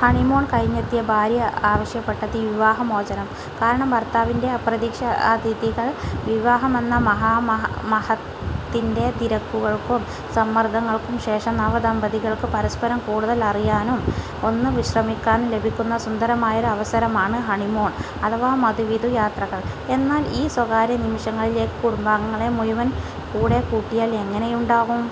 Honeymoon കഴിഞ്ഞെത്തിയ ഭാര്യ ആവശ്യപ്പെട്ടത് വിവാഹമോചനം! കാരണം ഭർത്താവിന്റെ അപ്രതീക്ഷിത അതിഥികൾ വിവാഹമെന്ന മഹാമഹത്തിന്റെ തിരക്കുകൾക്കും സമ്മർദങ്ങൾക്കും ശേഷം നവദമ്പതികൾക്ക് പരസ്പരം കൂടുതൽ അറിയാനും, ഒന്ന് വിശ്രമിക്കാനും ലഭിക്കുന്ന സുന്ദരമായൊരു അവസരമാണ് ഹണിമൂൺ അഥവാ മധുവിധു യാത്രകൾ. എന്നാൽ, ഈ സ്വകാര്യ നിമിഷങ്ങളിലേക്ക് കുടുംബാംഗങ്ങളെ മുഴുവൻ കൂടെക്കൂട്ടിയാൽ എങ്ങനെയുണ്ടാകും?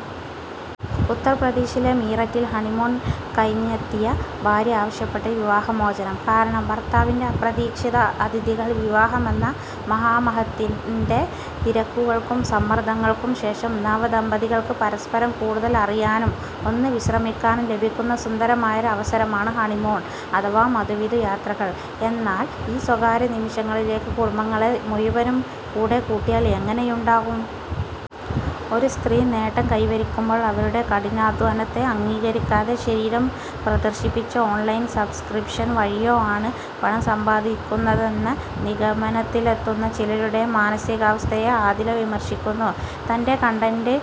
ഉത്തർപ്രദേശിലെ മീററ്റിൽ ഹണിമൂൺ കഴിഞ്ഞെത്തിയ ഭാര്യ ആവശ്യപ്പെട്ടത് വിവാഹമോചനം! കാരണം ഭർത്താവിന്റെ അപ്രതീക്ഷിത അതിഥികൾ വിവാഹമെന്ന മഹാമഹത്തിന്റെ തിരക്കുകൾക്കും സമ്മർദങ്ങൾക്കും ശേഷം നവദമ്പതികൾക്ക് പരസ്പരം കൂടുതൽ അറിയാനും, ഒന്ന് വിശ്രമിക്കാനും ലഭിക്കുന്ന സുന്ദരമായൊരു അവസരമാണ് ഹണിമൂൺ അഥവാ മധുവിധു യാത്രകൾ. എന്നാൽ, ഈ സ്വകാര്യ നിമിഷങ്ങളിലേക്ക് കുടുംബാംഗങ്ങളെ മുഴുവൻ കൂടെക്കൂട്ടിയാൽ എങ്ങനെയുണ്ടാകും? ഒരു സ്ത്രീ നേട്ടം കൈവരിക്കുമ്പോൾ അവരുടെ കഠിനാധ്വാനത്തെ അംഗീകരിക്കാതെ, ശരീരം പ്രദർശിപ്പിച്ചോ ഓൺലൈൻ സബ്സ്ക്രിപ്ഷൻ വഴിയോ ആണ് പണം സമ്പാദിക്കുന്നതെന്ന നിഗമനത്തിലെത്തുന്ന ചിലരുടെ മാനസികാവസ്ഥയെ ആദില വിമർശിക്കുന്നു. തന്റെ കണ്ടന്റ്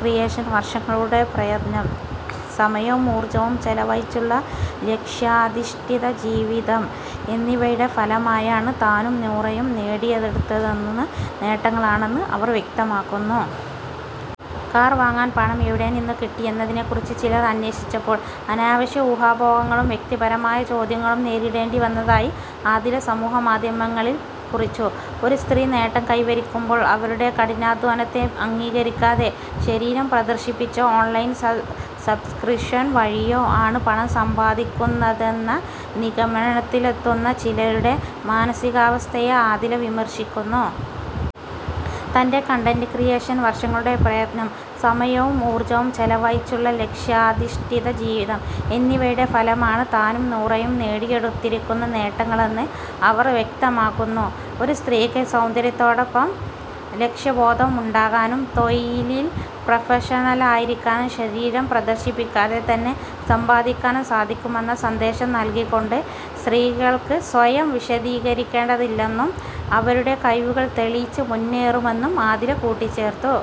ക്രിയേഷൻ, വർഷങ്ങളുടെ പ്രയത്നം, സമയവും ഊർജ്ജവും ചെലവഴിച്ചുള്ള ലക്ഷ്യാധിഷ്ഠിത ജീവിതം എന്നിവയുടെ ഫലമായാണ് താനും നൂറയും നേടിയെടുത്തിരിക്കുന്ന നേട്ടങ്ങളെന്ന് അവർ വ്യക്തമാക്കുന്നു. കാർ വാങ്ങാൻ പണം എവിടെനിന്നുകിട്ടി എന്നതിനെക്കുറിച്ച് ചിലർ അന്വേഷിച്ചപ്പോൾ, അനാവശ്യ ഊഹാപോഹങ്ങളും വ്യക്തിപരമായ ചോദ്യങ്ങളും നേരിടേണ്ടി വന്നതായി ആദില സമൂഹമാധ്യമത്തിൽ കുറിച്ചു. ഒരു സ്ത്രീ നേട്ടം കൈവരിക്കുമ്പോൾ അവരുടെ കഠിനാധ്വാനത്തെ അംഗീകരിക്കാതെ, ശരീരം പ്രദർശിപ്പിച്ചോ ഓൺലൈൻ സബ്സ്ക്രിപ്ഷൻ വഴിയോ ആണ് പണം സമ്പാദിക്കുന്നതെന്ന നിഗമനത്തിലെത്തുന്ന ചിലരുടെ മാനസികാവസ്ഥയെ ആദില വിമർശിക്കുന്നു. തന്റെ കണ്ടന്റ് ക്രിയേഷൻ, വർഷങ്ങളുടെ പ്രയത്നം, സമയവും ഊർജ്ജവും ചെലവഴിച്ചുള്ള ലക്ഷ്യാധിഷ്ഠിത ജീവിതം എന്നിവയുടെ ഫലമായാണ് താനും നൂറയും നേടിയെടുത്തിരിക്കുന്ന നേട്ടങ്ങളെന്ന് അവർ വ്യക്തമാക്കുന്നു. ഒരു സ്ത്രീക്ക് സൗന്ദര്യത്തോടൊപ്പം ലക്ഷ്യബോധം ഉണ്ടാകാനും, തൊഴിലിൽ പ്രൊഫഷണലായിരിക്കാനും, ശരീരം പ്രദർശിപ്പിക്കാതെ തന്നെ സമ്പാദിക്കാനും സാധിക്കുമെന്ന സന്ദേശം നൽകിക്കൊണ്ട്, സ്ത്രീകൾക്ക് സ്വയം വിശദീകരിക്കേണ്ടതില്ലെന്നും അവരുടെ കഴിവുകൾ തെളിയിച്ചു മുന്നേറുമെന്നും ആദില കൂട്ടിച്ചേർത്തു.